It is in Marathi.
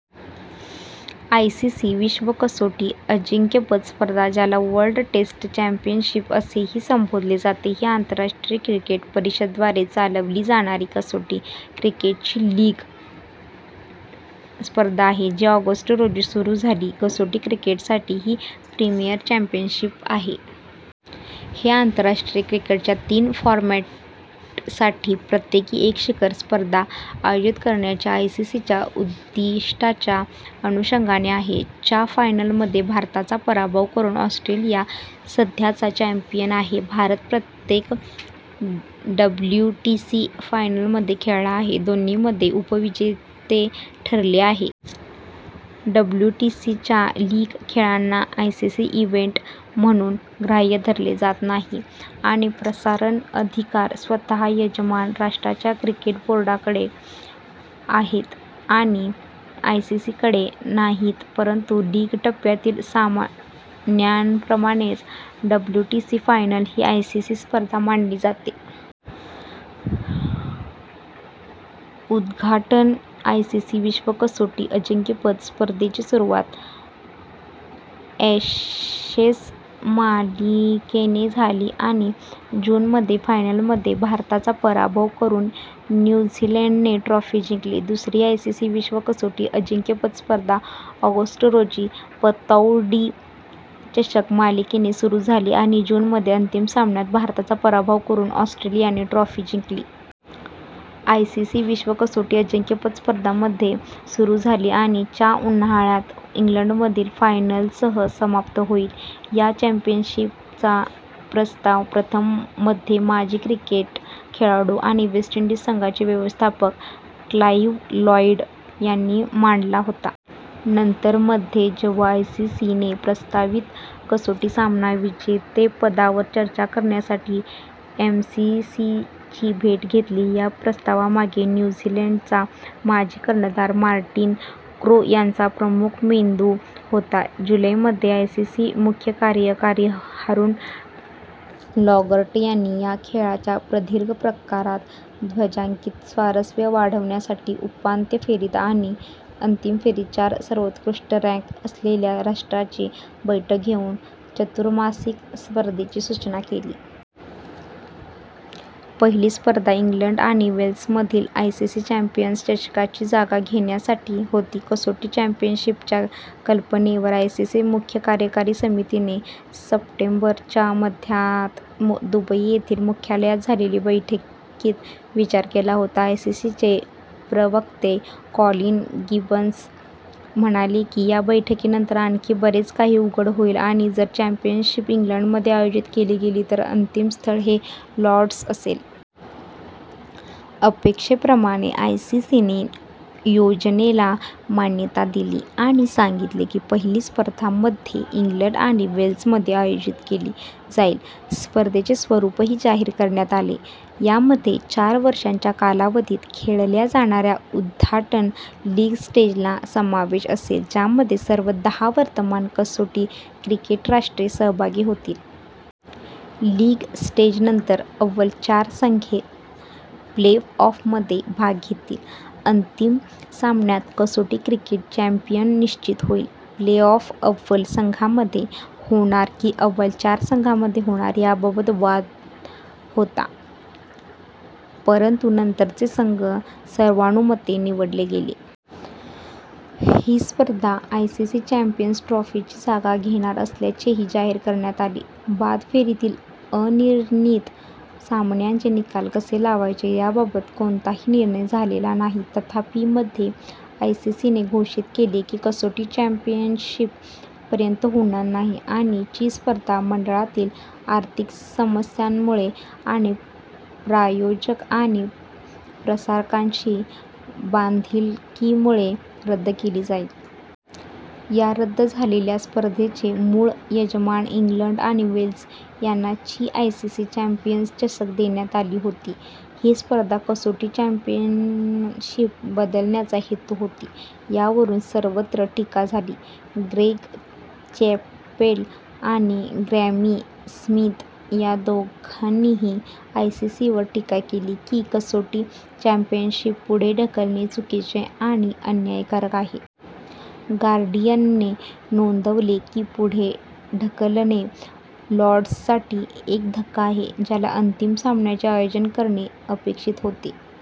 आयसीसी विश्व कसोटी अजिंक्यपद स्पर्धा, ज्याला वर्ल्ड टेस्ट चॅम्पियनशिप असेही संबोधले जाते, ही आंतरराष्ट्रीय क्रिकेट परिषद द्वारे चालवली जाणारी कसोटी क्रिकेटची लीग स्पर्धा आहे, जी ऑगस्ट रोजी सुरू झाली. कसोटी क्रिकेटसाठी ही प्रीमियर चॅम्पियनशिप आहे. हे आंतरराष्ट्रीय क्रिकेटच्या तीन फॉरमॅटसाठी प्रत्येकी एक शिखर स्पर्धा आयोजित करण्याच्या आयसीसीच्या उद्दिष्टाच्या अनुषंगाने आहे. च्या फायनलमध्ये भारताचा पराभव करून ऑस्ट्रेलिया सध्याचा चॅम्पियन आहे. भारत प्रत्येक डब्ल्यूटीसी फायनलमध्ये खेळला आहे, दोन्हीमध्ये उपविजेते ठरले आहे. डब्ल्यूटीसीच्या लीग खेळांना आयसीसी इव्हेंट म्हणून ग्राह्य धरले जात नाही आणि प्रसारण अधिकार स्वतः यजमान राष्ट्राच्या क्रिकेट बोर्डाकडे आहेत आणि आयसीसी कडे नाहीत. परंतु लीग टप्प्यातील सामन्यांप्रमाणेच, डब्ल्यूटीसी फायनल ही आयसीसी स्पर्धा मानली जाते. उद्घाटन आयसीसी विश्व कसोटी अजिंक्यपद स्पर्धेची सुरुवात ॲशेस मालिकेने झाली आणि जून मध्ये फायनलमध्ये भारताचा पराभव करून न्यू झीलंडने ट्रॉफी जिंकली. दुसरी आयसीसी विश्व कसोटी अजिंक्यपद स्पर्धा ऑगस्ट रोजी पतौडी चषक मालिकेने सुरू झाली आणि जून मध्ये अंतिम सामन्यात भारताचा पराभव करून ऑस्ट्रेलियाने ट्रॉफी जिंकली. आयसीसी विश्व कसोटी अजिंक्यपद स्पर्धा मध्ये सुरू झाली आणि च्या उन्हाळ्यात इंग्लंडमधील फायनलसह समाप्त होईल. या चॅम्पियनशिपचा प्रस्ताव प्रथम मध्ये माजी क्रिकेट खेळाडू आणि वेस्ट इंडीज संघाचे व्यवस्थापक क्लाइव्ह लॉईड यांनी मांडला होता. नंतर, मध्ये, जेव्हा आयसीसी ने प्रस्तावित कसोटी सामना विजेतेपदावर चर्चा करण्यासाठी एमसीसीची भेट घेतली. या प्रस्तावामागे न्यू झीलंडचा माजी कर्णधार मार्टिन क्रो यांचा प्रमुख मेंदू होता. जुलै मध्ये आयसीसी मुख्य कार्यकारी हारून लोर्गट यांनी या खेळाच्या प्रदीर्घ प्रकारात ध्वजांकित स्वारस्य वाढवण्यासाठी उपांत्य फेरीत आणि अंतिम फेरीत चार सर्वोत्कृष्ट रँक असलेल्या राष्ट्रांची बैठक घेऊन चतुर्मासिक स्पर्धेची सूचना केली. पहिली स्पर्धा इंग्लंड आणि वेल्समधील आयसीसी चॅम्पियन्स चषकची जागा घेण्यासाठी होती. कसोटी चॅम्पियनशिपच्या कल्पनेवर आयसीसी मुख्य कार्यकारी समितीने सप्टेंबर च्या मध्यात दुबई येथील मुख्यालयात झालेल्या बैठकीत विचार केला होता. आयसीसीचे प्रवक्ते कॉलिन गिब्सन म्हणाले की या बैठकीनंतर आणखी बरेच काही उघड होईल आणि जर चॅम्पियनशिप इंग्लंडमध्ये आयोजित केली गेली तर अंतिम स्थळ हे लॉर्ड्स असेल. अपेक्षेप्रमाणे, आयसीसीने योजनेला मान्यता दिली आणि सांगितले की पहिली स्पर्धा मध्ये इंग्लंड आणि वेल्समध्ये आयोजित केली जाईल. स्पर्धेचे स्वरूपही जाहीर करण्यात आले. यामध्ये चार वर्षांच्या कालावधीत खेळल्या जाणाऱ्या उद्घाटन लीग स्टेजचा समावेश असेल, ज्यामध्ये सर्व दहा वर्तमान कसोटी क्रिकेट राष्ट्रे सहभागी होतील. लीग स्टेजनंतर अव्वल चार संघ प्ले-ऑफमध्ये भाग घेतील, अंतिम सामन्यात कसोटी क्रिकेट चॅम्पियन निश्चित होईल. प्ले-ऑफ अव्वल संघांमध्ये होणार की अव्वल चार संघांमध्ये होणार याबाबत वाद होता, परंतु नंतरचे संघ सर्वानुमते निवडले गेले. ही स्पर्धा आयसीसी चॅम्पियन्स ट्रॉफीची जागा घेणार असल्याचेही जाहीर करण्यात आले. बाद फेरीतील अनिर्णित सामन्यांचे निकाल कसे लावायचे याबाबत कोणताही निर्णय झालेला नाही. तथापि, मध्ये, आयसीसीने घोषित केले की कसोटी चॅम्पियनशिप पर्यंत होणार नाही आणि ची स्पर्धा मंडळातील आर्थिक समस्यांमुळे आणि प्रायोजक आणि प्रसारकांशी बांधिलकीमुळे रद्द केली जाईल. या रद्द झालेल्या स्पर्धेचे मूळ यजमान इंग्लंड आणि वेल्स यांना ची आयसीसी चॅम्पियन्स चषक देण्यात आली होती, ही स्पर्धा कसोटी चॅम्पियनशिप बदलण्याचा हेतू होती. यावरून सर्वत्र टीका झाली; ग्रेग चॅपेल आणि ग्रॅमी स्मिथ या दोघांनीही आयसीसीवर टीका केली की, कसोटी चॅम्पियनशिप पुढे ढकलणे चुकीचे आणि अन्यायकारक आहे. गार्डियनने नोंदवले की ही पुढे ढकलणे लॉर्ड्ससाठी एक धक्का आहे, ज्याला अंतिम सामन्याचे आयोजन करणे अपेक्षित होते.।